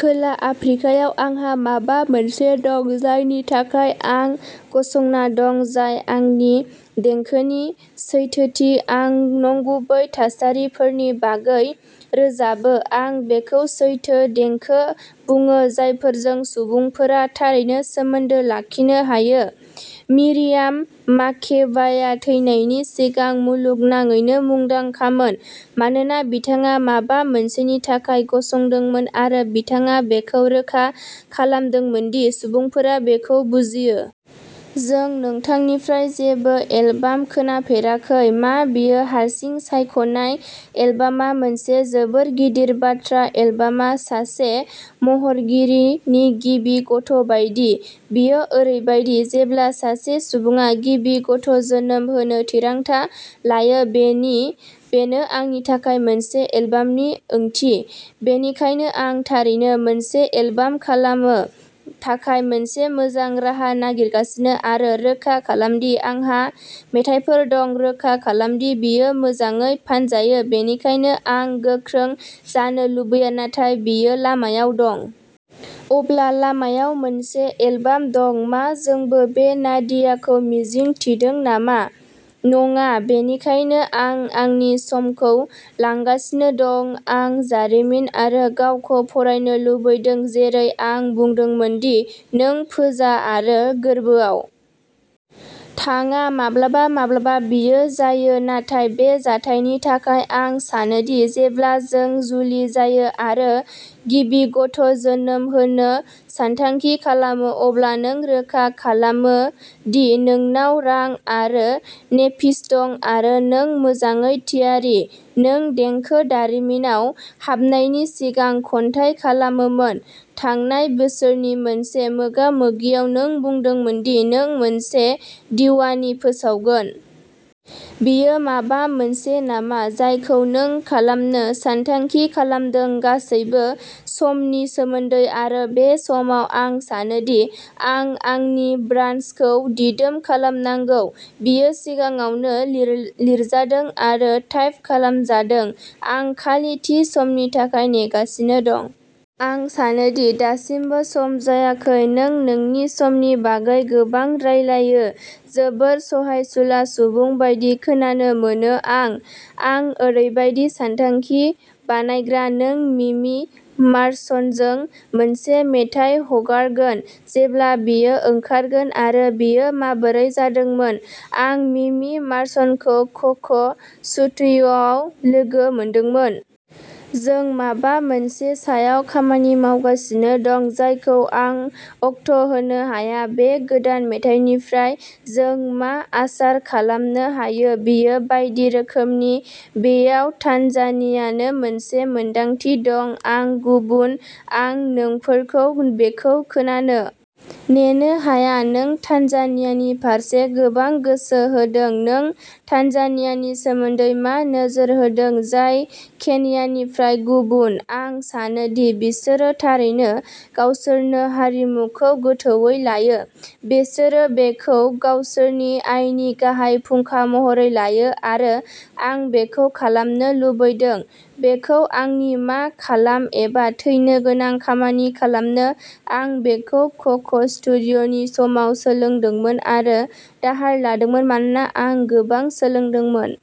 खोला आफ्रिकायाव आंहा माबा मोनसे दं जायनि थाखाय आं गसंना दं जाय आंनि देंखोनि सैथोथि आं नंगुबै थासारिफोरनि बागै रोजाबो आं बेखौ'सैथो देंखो बुङो जायफोरजों सुबुंफोरा थारैनो सोमोन्दो लाखिनो हायो मिरियाम माकेबाया थैनायनि सिगां मुलुगनाङैनो मुंदांखामोन मानोना बिथाङा माबा मोनसेनि थाखाय गसंदोंमोन आरो बिथाङा बेखौ रोखा खालामदोंमोन दि सुबुंफोरा बेखौ बुजियो। जों नोंथांनिफ्राय जेबो एलबाम खोनाफेराखै मा बेयो हारसिं सायख'नाय एलबामआ मोनसे जोबोद गिदिर बाथ्रा एलबामआ सासे महरगिरिनि गिबि गथ'बायदि बेयो ओरैबायदि जेब्ला सासे सुबुङा गिबि गथ'जोनोम होनो थिरांथा लायो बेनो आंनि थाखाय मोनसे एलबामनि ओंथि बेनिखायनो आं थारैनो मोनसे एलबाम खालामनो थाखाय मोनसे मोजां राहा नागिरगासिनो आरो रोखा खालाम दि आंहा मेथाइफोर दं रोखा खालाम दि बेयो मोजाङै फानजायो बेनिखायनो आं गोख्रै जानो लुबैया नाथाय बेयो लामायाव दं। अब्ला लामायाव मोनसे एलबाम दं मा जोंबो बे नादियाखौ मिजिं थिदों नामा नङा बेनिखायनो आं आंनि समखौ लागासिनो दं आं दारिमिन आरो गावखौ फरायनो लुबैदों जेरै आं बुंदोंमोन दि नों फोजा आरो गोर्बोआव थाङा माब्लाबा माब्लाबा बेयो जायो नाथाय बे जाथायनि थाखाय आं सानो दि जेब्ला नों जुलि जायो आरो गिबि गथ'जोनोम होनो सानथांखि खालामो अब्ला नों रोखा खालामो दि नोंनाव रां आरो नेपिस दं आरो नों मोजाङै थियारि नों देंखो दारिमिनाव हाबनायनि सिगां खन्थाइ खालामोमोन थांनाय बोसोरनि मोनसे मोगा-मोगियाव नों बुंदोंमोन दि नों मोनसे दिवानी फोसावगोन। बेयो माबा मोनसे नामा जायखौ नों खालामनो सानथांखि खालामदों गासैबो समनि सोमोन्दै आरो बे समाव आं सानोदि आं आंनि ब्रान्डखौ दिदोम खालामनांगौ बेयो सिगाङावनो लिरजादों आरो टाइप खालामजादों आं खालि थि समनि थाखाय नेगासिनो दं। आं सानो दि दासिमबो सम जायाखै नों नोंनि समनि बागै गोबां रायज्लायो जोबोद सहायसुला सुबुं बायदि खोनानो मोनो आं। आं ओरैबायदि सानथांखि बानायग्रा नों मिमि मार्सजों मोनसे मेथाइ हगारगोन जेब्ला बेयो ओंखारगोन आरो बेयो माबोरै जादोंमोन आं मिमि मार्सखौ क'क स्टुडिय'आव लोगो मोनदोंमोन। जों माबा मोनसे सायाव खामानि मावगासिनो दं जायखौ आं अक्ट'होनो हाया बे गोदान मेथाइनिफ्राय जों मा आसा खालामनो हायो बेयो बायदि रोखोमनि बेयाव तान्जानियानि मोनसे मोनदांथि दं आं गुबुन आं नोंफोरखौ बेखौ खोनानो नेनो हाया नों तान्जानियानि फारसे गोबां गोसो होदों नों तान्जानियानि सोमोन्दै मा नोजोर होदों जाय केन्यानिफ्राय गुबुन आं सानो दि बिसोरो थारैनो गावसोरनि आरिमुखौ गोथौवै लायो बिसोरो बेखौ गावसोरनि आयनि गाहाय फुंखा महरै लायो आरो आं बेखौ खालामनो लुबैदों बेखौ आंनि मा खालाम एबा थैनो गोनां खामानि खालामनो आं बेखौ क'क स्टुडिय'नि समाव सोलोंदोंमोन आरो दाहार लादोंमोन मानोना आं गोबां सोलोंदोंमोन।